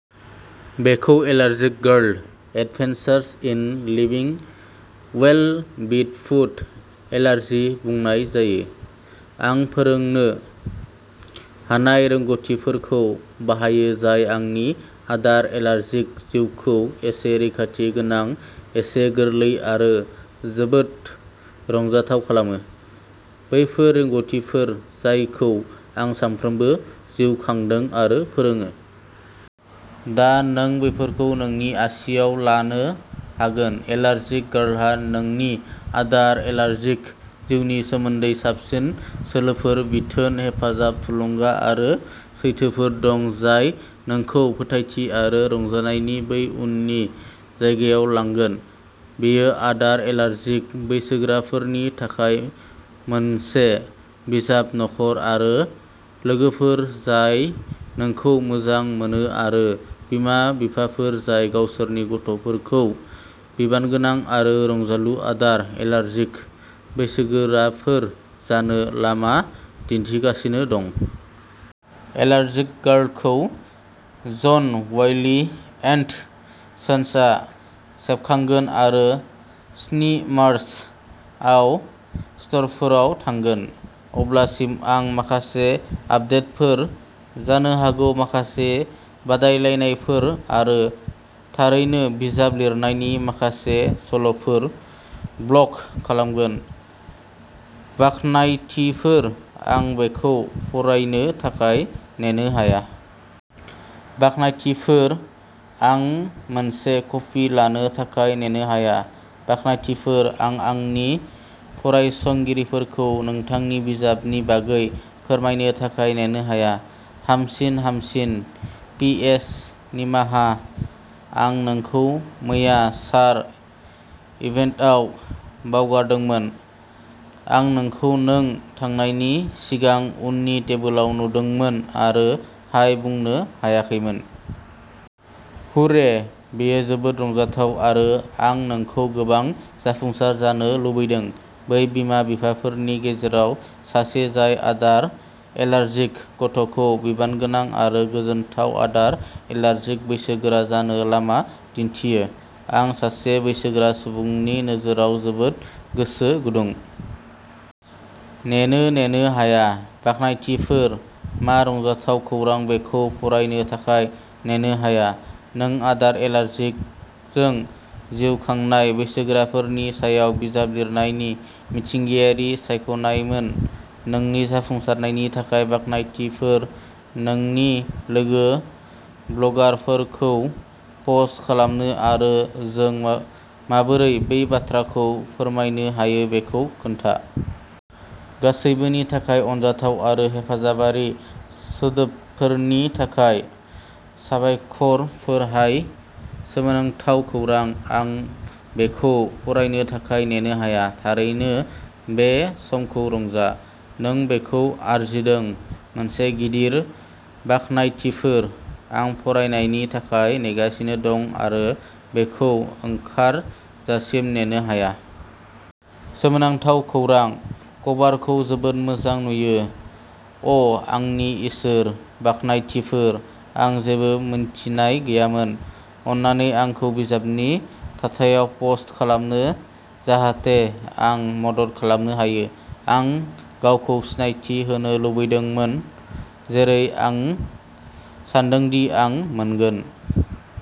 बेखौ allergic girl adventures in living well with food allergy बुंनाय जायो। आं फोरोंनो हानाय रोंग'थिफोरखौ बाहायो जाय आंनि आदार एलार्जिक जिउखौ एसे रैखाथि गोनां, एसे गोरलै आरो जोबोद रंजाथाव खालामो। बेफोरो रोंग'थिफोर जायखौ आं सानफ्रोमबो जिउ खांदों आरो फोरोङो। दा, नों बेफोरखौ नोंनि आसिआव लानो हागोन। एलार्जिक गार्लहा नोंनि आदार एलार्जिक जिउनि सोमोन्दै साबसिन सोलोफोर, बिथोन, हेफाजाब, थुलुंगा आरो सैथोफोर दं जाय नोंखौ फोथायथि आरो रंजानायनि बै उननि जायगायाव लांगोन। बेयो आदार एलार्जिक बैसोगोराफोरनि थाखाय मोनसे बिजाब न'खर आरो लोगोफोर जाय जोंखौ मोजां मोनो आरो बिमा बिफाफोर जाय गावसोरनि गथ'फोरखौ बिबानगोनां आरो रंजालु आदार एलार्जिक बैसोगोराफोर जानो लामा दिन्थिगासिनो दं। एलार्जिक गार्लखौ जन वाइलि एन्ड सन्सआ सेबखांगोन आरो स्नि मार्च, आव स्ट'रफोराव थागोन। अब्लासिम, आं माखासे आपदेटफोर, जानो हागौ माखासे बादायलायनायफोर आरो थारैनो बिजाब लिरनायनि माखासे सल'फोर ब्लग खालामगोन। बाख्नायथिफोर! आं बेखौ फरायनो थाखाय नेनो हाया। बाख्नायथिफोर! आं मोनसे कपि लानो थाखाय नेनो हाया! बाख्नायथिफोर! आं आंनि फरायसंगिरिफोरखौ नोंथांनि बिजाबनि बागै फोरमायनो थाखाय नेनो हाया। हामसिन हामसिन। पि. एस. निमाहा आं नोंखौ मैया शार इभेन्टआव बावगारदोंमोन। आं नोंखौ नों थांनायनि सिगां उननि टेबोलाव नुदोंमोन आरो हाय बुंनो हायाखैमोन। हुर्रे! बेयो जोबोद रंजाथाव आरो आं नोंखौ गोबां जाफुंसार जानो लुबैदों। बै बिमा बिफाफोरनि गेजेराव सासे जाय सासे आदार एलार्जिक गथ'खौ "बिबानगोनां आरो गोजोनथाव आदार एलार्जिक बैसोगोरा" जानो लामा दिन्थियो। आं सासे बैसोगोरा सुबुंनि नोजोराव जोबोद गोसो गुदुं। नेनो नेनो हाया! बाख्नायथिफोर! मा रंजाथाव खौरां बेखौ फरायनो थाखाय नेनो हाया! नों आदार एलार्जिकजों जिउ खांनाय बैसोगोराफोरनि सायाव बिजाब लिरनायनि मिथिंगायारि सायख'नायमोन। नोंनि जाफुंसारनायनि थाखाय बाख्नायथिफोर! नोंनि लोगो ब्लगारफोरखौ पस्ट खालामहो आरो जों माबोरै बे बाथ्राखौ फोरमायनो हायो बेखौ खोन्था। गासैबोनि थाखाय अनजाथाव आरो हेफाजाबारि सोदोबफोरनि थाखाय साबायखरफोर हय! सोमोनांथाव खौरां! आं बेखौ फरायनो थाखाय नेनो हाया। थारैनो बे समखौ रंजा। नों बेखौ आरजिदों! मोनसे गिदिर बाख्नायथिफोर! आं फरायनायनि थाखाय नेगासिनो दं आरो बेखौ ओंखारजासिम नेनो हाया। सोमोनांथाव खौरां! कभारखौ जोबोद मोजां नुयो। अ'आंनि इसोर, बाख्नायथिफोर! आं जेबो मिन्थिनाय गैयामोन। अन्नानै आंखौ बिजाबनि थाथायाव पस्ट खालामहो जाहाथे आं मदद खालामनो हायो! आं गावखौ सिनायथि होनो लुबैदोंमोन जेरै आं सान्दोंदि आं मोनगोन।